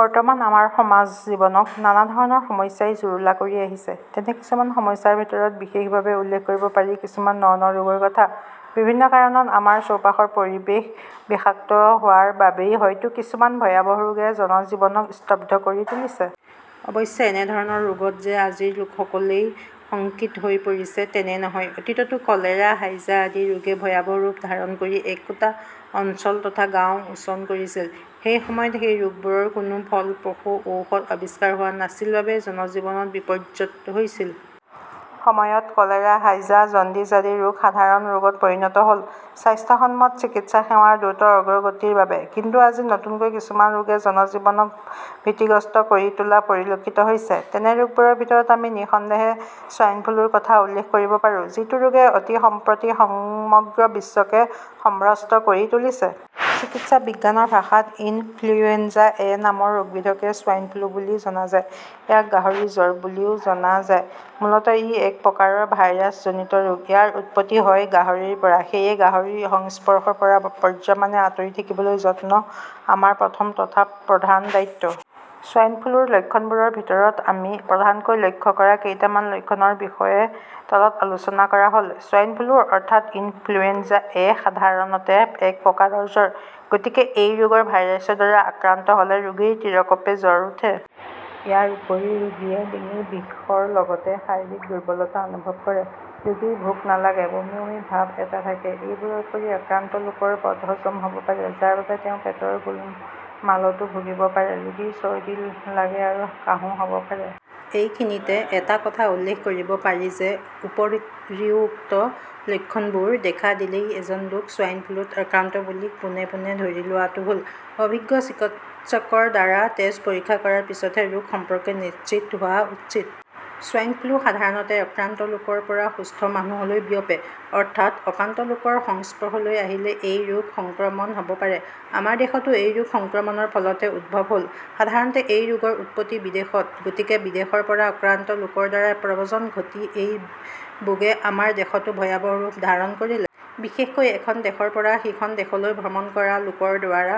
বৰ্তমান আমাৰ সমাজ জীৱনক নানাধৰণৰ সমস্যাই জুৰুলা কৰি আহিছে। তেনে কিছুমান সমস্যাৰ ভিতৰত বিশেষভাৱে উল্লেখ কৰিব পাৰি কিছুমান ন ন ৰোগৰ কথা। বিভিন্ন কাৰণত আমাৰ চৌপাশৰ পৰিৱেশ বিষাক্ত হোৱাৰ বাবেই হয়তো কিছুমান ভয়াৱহ ৰোগে জনজীৱনক স্তব্ধ কৰি তুলিছে। অৱশ্যে এনেধৰণৰ ৰোগত যে আজিৰ লোকসকলেই শংকিত হৈ পৰিছে, তেনে নহয়। অতীততো কলেৰা, হাইজা আদি ৰোগে ভয়াৱহ ৰূপ ধাৰণ কৰি একোটা অঞ্চল তথা গাঁও উছন কৰিছিল। সেই সময়ত সেই ৰোগবোৰৰ কোনো ফলপ্ৰসূ ঔষধ আৱিষ্কাৰ হোৱা নাছিল বাবে জনজীৱন বিপৰ্যস্ত হৈছিল। সময়ত কলেৰা, হাইজা, জণ্ডিছ আদি ৰোগ সাধাৰণ ৰোগত পৰিণত হ'ল স্বাস্থ্যসন্মত চিকিৎসা সেৱাৰ দ্ৰুত অগ্ৰগতিৰ বাবে। কিন্তু আজি নতুনকৈ কিছুমান ৰোগে জনজীৱনক ভীতিগ্ৰস্ত কৰি তোলা পৰিলক্ষিত হৈছে। তেনে ৰোগবোৰৰ ভিতৰত আমি নিঃসন্দেহে 'ছোৱাইন ফ্লু'ৰ কথা উল্লেখ কৰিব পাৰো, যিটো ৰোগে অতিসম্প্ৰতি সমগ্ৰ বিশ্বকে সম্ভ্ৰস্ত কৰি তুলিছে। চিকিৎসা বিজ্ঞানৰ ভাষাত 'ইনফ্লুয়েঞ্জা-এ ' নামৰ ৰোগবিধকে 'ছোৱাইন ফ্লু' বুলি জনা যায়। ইয়াক 'গাহৰি জ্বৰ' বুলিও জনা যায়। মূলতঃ ই একপ্ৰকাৰৰ ভাইৰাছজনিত ৰোগ। ইয়াৰ উৎপত্তি হয় গাহৰিৰ পৰা। সেয়ে গাহৰিৰ সংস্পৰ্শৰ পৰা পাৰ্যমানে আঁতৰি থাকিবলৈ যত্ন আমাৰ প্ৰথম তথা প্ৰধান দায়িত্ব। ছোৱাইন ফ্লুৰ লক্ষণবোৰৰ ভিতৰত আমি প্ৰধানকৈ লক্ষ্য কৰা কেইটামান লক্ষণৰ বিষয়ে তলত আলোচনা কৰা হ'ল। ছোৱাইন ফ্লু, অৰ্থাৎ 'ইনফ্লুয়েঞ্জা-এ, 'সাধাৰণতে একপ্ৰকাৰৰ জ্বৰ। গতিকে এই ৰোগৰ ভাইৰাছৰ দ্বাৰা আক্ৰান্ত হ'লে ৰোগীৰ তিৰকঁপে জ্বৰ উঠে। ইয়াৰ উপৰি ৰোগীয়ে ডিঙিৰ বিষৰ লগতে শাৰীৰিক দুৰ্বলতা অনুভৱ কৰে, ৰোগীৰ ভোক নালাগে, বমি বমি ভাব এটা থাকে। এইবোৰৰ উপৰি আক্ৰান্ত লোকৰ বদহজম হ'ব পাৰে, যাৰ বাবে তেওঁ পেটৰ গোলমালতো ভুগিব পাৰে। ৰোগীৰ চৰ্দি লাগে আৰু কাহো হ'ব পাৰে। এইখিনিতে এটা কথা উল্লেখ কৰিব পাৰি যে উপৰিউক্ত লক্ষণবোৰ দেখা দিলেই এজন লোক ছোৱাইন ফ্লুত আক্ৰান্ত বুলি পোনে পোনে ধৰি লোৱাটো ভুল। অভিজ্ঞ চিকিৎসকৰ দ্বাৰা তেজ পৰীক্ষা কৰাৰ পিছতহে ৰোগ সম্পৰ্কে নিশ্চিত হোৱা উচিত। ছোৱাইন ফ্লু সাধাৰণতে আক্ৰান্ত লোকৰ পৰা সুস্থ মানুহলৈ বিয়পে। অৰ্থাৎ আক্ৰান্ত লোকৰ সংস্পৰ্শলৈ আহিলে এই ৰোগ সংক্ৰমণ হ'ব পাৰে। আমাৰ দেশতো এই ৰোগ সংক্ৰমণৰ ফলতে উদ্ভৱ হ'ল। সাধাৰণতে এই ৰোগৰ উৎপত্তি বিদেশত। গতিকে বিদেশৰ পৰা আক্ৰান্ত লোকৰ দ্বাৰা প্ৰব্ৰজন ঘটি এই বোগে আমাৰ দেশতো ভয়াৱহ ৰূপ ধাৰণ কৰিলে। বিশেষকৈ এখন দেশৰ পৰা সিখন দেশলৈ ভ্ৰমণ কৰা লোকৰ দ্বাৰা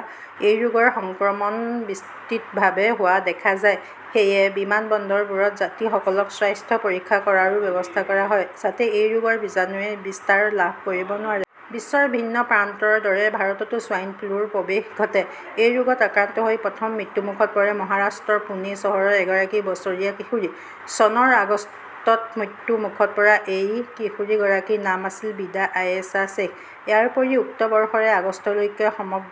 এই ৰোগৰ সংক্ৰমণ বিস্তৃতভাৱে হোৱা দেখা যায়। সেয়ে বিমান বন্দৰবোৰত যাত্ৰীসকলক স্বাস্থ্য পৰীক্ষা কৰাৰো ব্যৱস্থা কৰা হয়, যাতে এই ৰোগৰ বীজাণুৱে বিস্তাৰ লাভ কৰিব নোৱাৰে। বিশ্বৰ ভিন্ন প্ৰান্তৰ দৰে ভাৰততো ছোৱাইন ফ্লুৰ প্ৰৱেশ ঘটে। এই ৰোগত আক্ৰান্ত হৈ প্ৰথম মৃত্যুমুখত পৰে মহাৰাষ্ট্ৰৰ পুণে চহৰৰ এগৰাকী বছৰীয়া কিশোৰী। চনৰ আগষ্টত মৃত্যুমুখত পৰা এই কিশোৰীগৰাকীৰ নাম আছিল বিদা আয়েশা শ্বেখ। ইয়াৰ উপৰি উক্ত বৰ্ষৰে আগষ্টলৈকে সমগ্ৰ